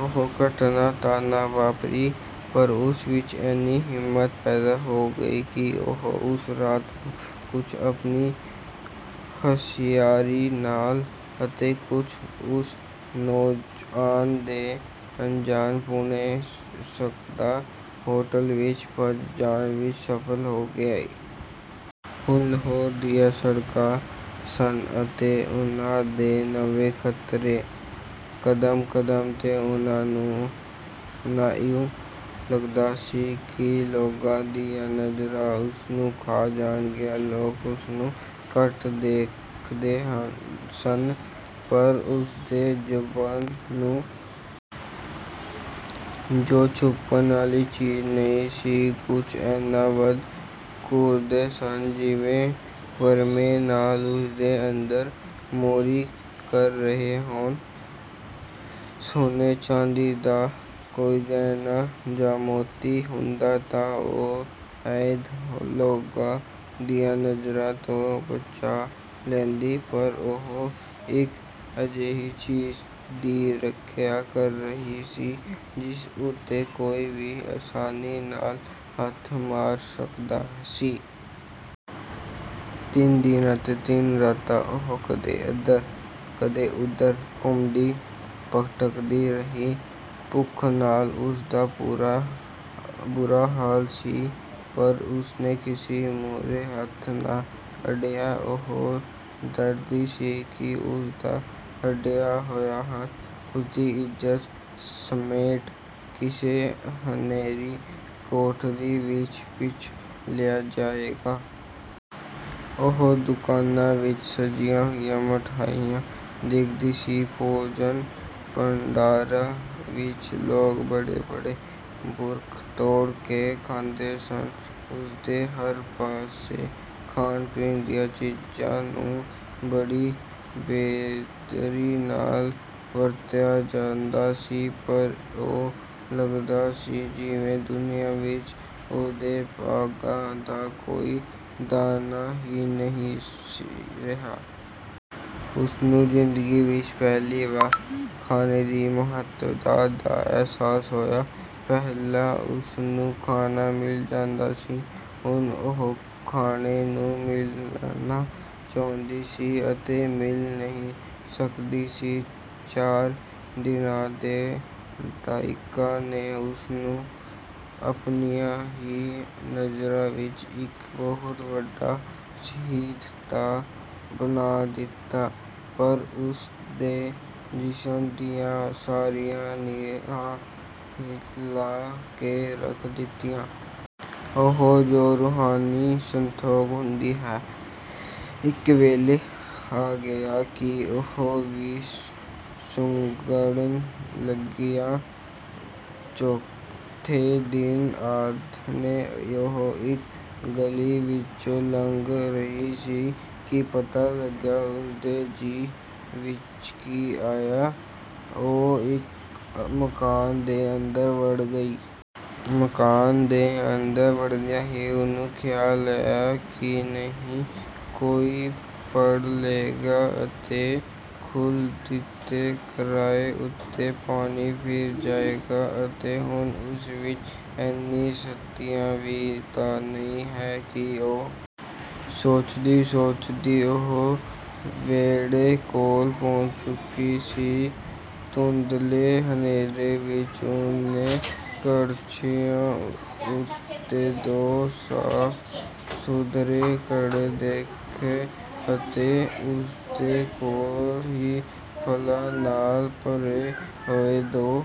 ਉਹ ਘਟਨਾ ਤਾਂ ਨਾ ਵਾਪਰੀ, ਪਰ ਉਸ ਵਿਚ ਏਨੀ ਹਿੰਮਤ ਪੈਦਾ ਹੋ ਗਈ ਕਿ ਉਹ ਉਸ ਰਾਤ ਨੂੰ, ਕੁਝ ਆਪਣੀ ਹੁਸ਼ਿਆਰੀ ਨਾਲ ਅਤੇ ਕੁਝ ਉਸ ਨੌਜੁਆਨ ਦੇ ਅਣਜਾਣਪੁਣੇ ਸਦਕਾ, ਹੋਟਲ ਵਿਚੋਂ ਭੱਜ ਜਾਣ ਵਿਚ ਸਫ਼ਲ ਹੋ ਗਈ। ਹੁਣ ਲਾਹੌਰ ਦੀਆਂ ਸੜਕਾਂ ਸਨ ਅਤੇ ਉਨ੍ਹਾਂ ਦੇ ਨਵੇਂ ਖ਼ਤਰੇ, ਕਦਮ ਕਦਮ 'ਤੇ ਉਹਨੂੰ ਇਉਂ ਲੱਗਦਾ ਸੀ ਕਿ ਲੋਕਾਂ ਦੀਆਂ ਨਜ਼ਰਾਂ ਉਸਨੂੰ ਖਾ ਜਾਣਗੀਆਂ; ਲੋਕ ਉਸਨੂੰ ਘੱਟ ਦੇਖਦੇ ਸਨ, ਪਰ ਉਸਦੇ ਜੋਬਨ ਨੂੰ, ਜੋ ਛੁਪਣ ਵਾਲੀ ਚੀਜ਼ ਨਹੀਂ ਸੀ, ਕੁਝ ਏਨਾ ਵੱਧ ਘੂਰਦੇ ਸਨ, ਜਿਵੇਂ ਵਰਮੇ ਨਾਲ ਉਸਦੇ ਅੰਦਰ ਮੋਰੀ ਕਰ ਰਹੇ ਹੋਣ; ਸੋਨੇ-ਚਾਂਦੀ ਦਾ ਕੋਈ ਗਹਿਣਾ ਜਾਂ ਮੋਤੀ ਹੁੰਦਾ ਤਾਂ ਉਹ ਸ਼ਾਇਦ ਲੋਕਾਂ ਦੀਆਂ ਨਜ਼ਰਾਂ ਤੋਂ ਬਚਾਅ ਲੈਂਦੀ, ਪਰ ਉਹ ਇਕ ਅਜਿਹੀ ਚੀਜ਼ ਦੀ ਰੱਖਿਆ ਕਰ ਰਹੀ ਸੀ, ਜਿਸ ਉਤੇ ਕੋਈ ਵੀ ਅਸਾਨੀ ਨਾਲ ਹੱਥ ਮਾਰ ਸਕਦਾ ਸੀ। ਤਿੰਨ ਦਿਨ ਅਤੇ ਤਿੰਨ ਰਾਤਾਂ ਉਹ ਕਦੇ ਏਧਰ, ਕਦੇ ਓਧਰ ਘੁੰਮਦੀ-ਭਟਕਦੀ ਰਹੀ। ਭੁੱਖ ਨਾਲ ਉਸਦਾ ਬੁਰਾ ਹਾਲ ਸੀ, ਪਰ ਉਸਨੇ ਕਿਸੇ ਮੂਹਰੇ ਹੱਥ ਨਾ ਅੱਡਿਆ। ਉਹ ਡਰਦੀ ਸੀ ਕਿ ਉਸਦਾ ਅੱਡਿਆ ਹੋਇਆ ਹੱਥ ਉਸਦੀ ਇੱਜ਼ਤ ਸਮੇਤ ਕਿਸੇ ਹਨੇਰੀ ਕੋਠੜੀ ਵਿਚ ਖਿੱਚ ਲਿਆ ਜਾਵੇਗਾ। ਉਹ ਦੁਕਾਨਾਂ ਵਿਚ ਸਜੀਆਂ ਹੋਈਆਂ ਮਿਠਾਈਆਂ ਦੇਖਦੀ ਸੀ; ਭੋਜਨ-ਭੰਡਾਰਾਂ ਵਿਚ ਲੋਕ ਬਡੇ-ਬਡੇ ਬੁਰਕ ਤੋੜ ਕੇ ਖਾਂਦੇ ਸਨ; ਉਸਦੇ ਹਰ ਪਾਸੇ ਖਾਣ-ਪੀਣ ਦੀਆਂ ਚੀਜ਼ਾਂ ਨੂੰ ਬੜੀ ਬੇਦਰਦੀ ਨਾਲ ਵਰਤਿਆ ਜਾਂਦਾ ਸੀ; ਪਰ ਇਉਂ ਲਗਦਾ ਸੀ ਜਿਵੇਂ ਦੁਨੀਆ ਵਿਚ ਉਹਦੇ ਭਾਗਾਂ ਦਾ ਕੋਈ ਦਾਣਾ ਹੀ ਨਹੀਂ ਸੀ ਰਿਹਾ। ਉਸਨੂੰ ਜ਼ਿੰਦਗੀ ਵਿਚ ਪਹਿਲੀ ਵਾਰ ਖਾਣੇ ਦੀ ਮਹੱਤਤਾ ਦਾ ਅਹਿਸਾਸ ਹੋਇਆ। ਪਹਿਲਾਂ ਉਸਨੂੰ ਖਾਣਾ ਮਿਲ ਜਾਂਦਾ ਸੀ, ਹੁਣ ਉਹ ਖਾਣੇ ਨੂੰ ਮਿਲਣਾ ਚਾਹੁੰਦੀ ਸੀ ਅਤੇ ਮਿਲ ਨਹੀਂ ਸਕਦੀ ਸੀ। ਚਾਰ ਦਿਨਾਂ ਦੇ ਫਾਕਿਆਂ ਨੇ ਉਸਨੂੰ ਆਪਣੀਆਂ ਹੀ ਨਜ਼ਰਾਂ ਵਿਚ ਇਕ ਬਹੁਤ ਵੱਡਾ ਸ਼ਹੀਦ ਤਾਂ ਬਣਾ ਦਿੱਤਾ, ਪਰ ਉਸ ਦੇ ਜਿਸਮ ਦੀਆਂ ਸਾਰੀਆਂ ਨੀਹਾਂ ਹਿਲਾਅ ਕੇ ਰੱਖ ਦਿੱਤੀਆਂ। ਉਹ ਜੋ ਰੂਹਾਨੀ ਸੰਤੋਖ ਹੁੰਦਾ ਹੈ, ਇਕ ਵੇਲਾ ਆ ਗਿਆ ਕਿ ਉਹ ਵੀ ਸੁੰਗੜਨ ਲੱਗਿਆ। ਚੌਥੇ ਦਿਨ ਆਥਣੇ ਉਹ ਇਕ ਗਲੀ ਵਿਚੋਂ ਲੰਘ ਰਹੀ ਸੀ, ਕਿ ਪਤਾ ਨਹੀਂ ਉਸਦੇ ਜੀਅ ਵਿਚ ਕੀ ਆਇਆ, ਉਹ ਇਕ ਮਕਾਨ ਦੇ ਅੰਦਰ ਵੜ ਗਈ। ਮਕਾਨ ਦੇ ਅੰਦਰ ਵੜਦਿਆਂ ਹੀ ਉਸਨੂੰ ਖ਼ਿਆਲ ਆਇਆ ਕਿ ਨਹੀਂ, ਕੋਈ ਫੜ ਲਏਗਾ ਅਤੇ ਕੁੱਲ ਕੀਤੇ ਕਰਾਏ ਉਤੇ ਪਾਣੀ ਫਿਰ ਜਾਵੇਗਾ ਅਤੇ ਹੁਣ ਉਸ ਵਿਚ ਏਨੀ ਸੱਤਿਆ ਵੀ ਤਾਂ ਨਹੀਂ ਹੈ ਕਿ ਉਹ..?? ਸੋਚਦੀ ਸੋਚਦੀ ਉਹ ਵਿਹੜੇ ਕੋਲ ਪੁੱਜ ਚੁੱਕੀ ਸੀ। ਧੁੰਦਲੇ ਹਨੇਰੇ ਵਿਚ ਉਹਨੇ ਘੜੌਂਜੀਆਂ ਉਤੇ ਦੋ ਸਾਫ਼-ਸੁਥਰੇ ਘੜੇ ਦੇਖੇ ਅਤੇ ਉਸਦੇ ਕੋਲ ਹੀ ਫਲਾਂ ਨਾਲ ਭਰੇ ਹੋਏ ਦੋ